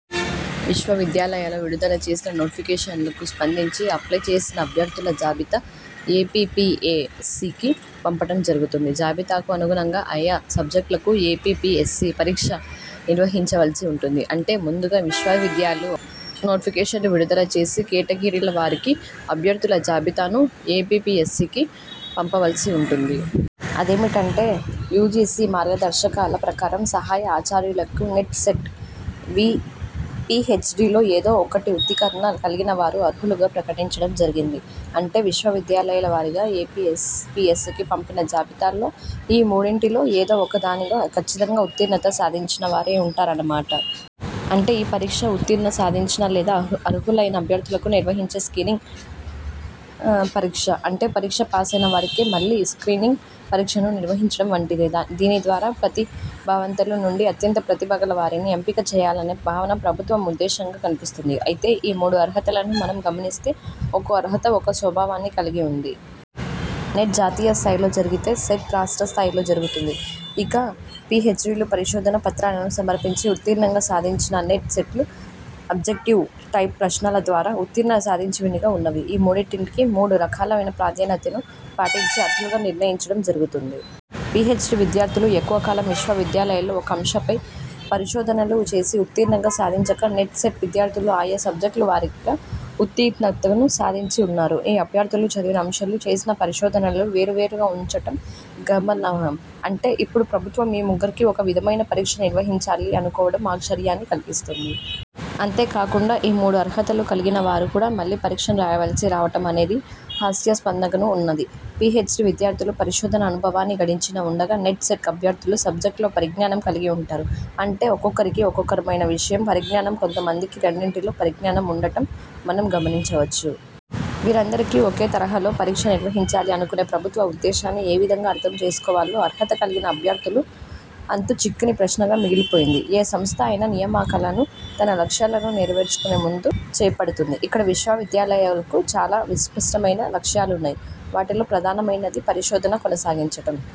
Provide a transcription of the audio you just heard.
విశ్వవిద్యాలయాలు విడుదల చేసిన నోటిఫికేషన్లకు స్పందించి అప్లై చేసిన అభ్యర్థుల జాబితా ఏపీపీఎస్సీకి పంపటం జరుగుతుంది. జాబితాకు అనుగుణంగా ఆయా సబ్జెక్టులకు ఏపీపీఎస్సీ పరీక్ష నిర్వహించవలసి ఉంటుంది. అంటే ముందుగా విశ్వవిద్యాలయాలు నోటిఫికేషన్లు విడుదల చేసి, కేటగిరీల వారీగా అభ్యర్థుల జాబితాను ఏపీపీఎస్సీకి పంపవలసి ఉంటుంది. అదేమిటంటే యూజీసీ మార్గదర్శకాల ప్రకారం సహాయ ఆచార్యులకు నెట్/ సెట్/ పీహెచ్డీలలో ఏదో ఒకటి ఉత్తీర్ణత కలిగిన వారు అర్హులుగా ప్రకటించటం జరిగింది. అంటే విశ్వవిద్యాలయాల వారీగా ఏపీపీఎస్సీకి పంపిన జాబితాలో ఈ మూడింటిలో ఏదో ఒక దానిలో ఖచ్ఛితంగా ఉత్తీర్ణత సాధించినవారే ఉంటారన్న మాట. అంటే ఈ పరీక్ష ఉత్తీర్ణత సాధించిన లేదా అర్హులైన అభ్యర్థులకు నిర్హహించే స్క్రీనింగ్ పరీక్ష. అంటే పరీక్ష పాసైన వారికి మళ్ళీ స్క్రీనింగ్ పరీక్షను నిర్వహించటం వంటిదే. దీనిద్వారా ప్రతిభావంతుల నుండి అత్యంత ప్రతిభగల వారిని ఎంపిక చేయాలనే భావన ప్రభుత్వం ఉద్దేశంగా కనిపిస్తుంది. అయితే ఈ మూడు అర్హతలను మనం గమనిస్తే ఒక్కో అర్హత ఒక్కో స్వభావాన్ని కలిగి ఉంది. నెట్ జాతీయ స్థాయిలో జరిగితే, సెట్ రాష్ట్ర స్థాయిలో జరుగుతుంది. ఇక పీహెచ్డీలు పరిశోధన పత్రాలను సమర్పించి ఉత్తీర్ణత సాధించగా, నెట్, సెట్లు అబ్జెటివ్ టైపు ప్రశ్నల ద్వారా ఉత్తీర్ణత సాధించినవిగా ఉన్నవి. ఈ మూడింటికి మూడు రకాలైన ప్రాధాన్యతలను పాటించి అర్హులుగా నిర్ణయించటం జరుగుతుంది. పీహెచ్డీ విద్యార్థులు ఎక్కువ కాలం విశ్వవిద్యాలయాలలో ఒక అంశంపై పరిశోధనలు చేసి ఉత్తీర్ణత సాధించగా నెట్, సెట్ విద్యార్థులు ఆయా సబ్జెక్ట్ల వారీగా ఉత్తీర్ణతను సాధించి వున్నారు. ఈ అభ్యర్థులు చదివిన అంశాలు, చేసిన పరిశోధనలు వేరు వేరుగా ఉంచటం గమనార్హం. అంటే ఇప్పుడు ప్రభుత్వం ఈ ముగ్గురికి ఒక విధమైన పరీక్షను నిర్వహించాలి అనుకోవడం ఆశ్చర్యాన్ని కల్గిస్తుంది. అంతేకాకుండా ఈ మూడు అర్హతలు కలిగిన వారు కూడా మళ్ళీ పరీక్షను రాయవలసి రావటం అనేది హాస్యాస్పదంగాను ఉన్నది. పీహెచ్డీ విద్యార్థులు పరిశోధన అనుభవాన్ని గడించి ఉండగా, నెట్, సెట్ అభ్యర్థులు సబ్జెక్టులలో పరిజ్ఞానం కలిగి ఉంటారు. అంటే ఒక్కొక్కరికి ఒక్కోరకమైన విషయ పరిజ్ఞానం, కొంత మందికి రెండింటిలో పరిజ్ఞానం ఉండటం మనం గమనించవచ్చు. వీరందరికి ఒకే తరహాలో పరీక్ష నిర్వహించాలి అనుకునే ప్రభుత్వ ఉద్దేశాన్ని ఏవిధంగా అర్థం చేసుకోవాలో అర్హత కలిగిన అభ్యర్థులు అంతుచిక్కని ప్రశ్నగా మిగిలిపోయింది. ఏ సంస్థ అయినా నియామకాలను తన లక్ష్యాలను నెరవేర్చుకొనే ముందు చేపడుతుంది. ఇక్కడ విశ్వవిద్యాలయాలకు చాలా విస్పష్టమైన లక్ష్యాలు ఉన్నాయి. వాటిలో ప్రధానమైనది పరిశోధన కొనసాగించటం.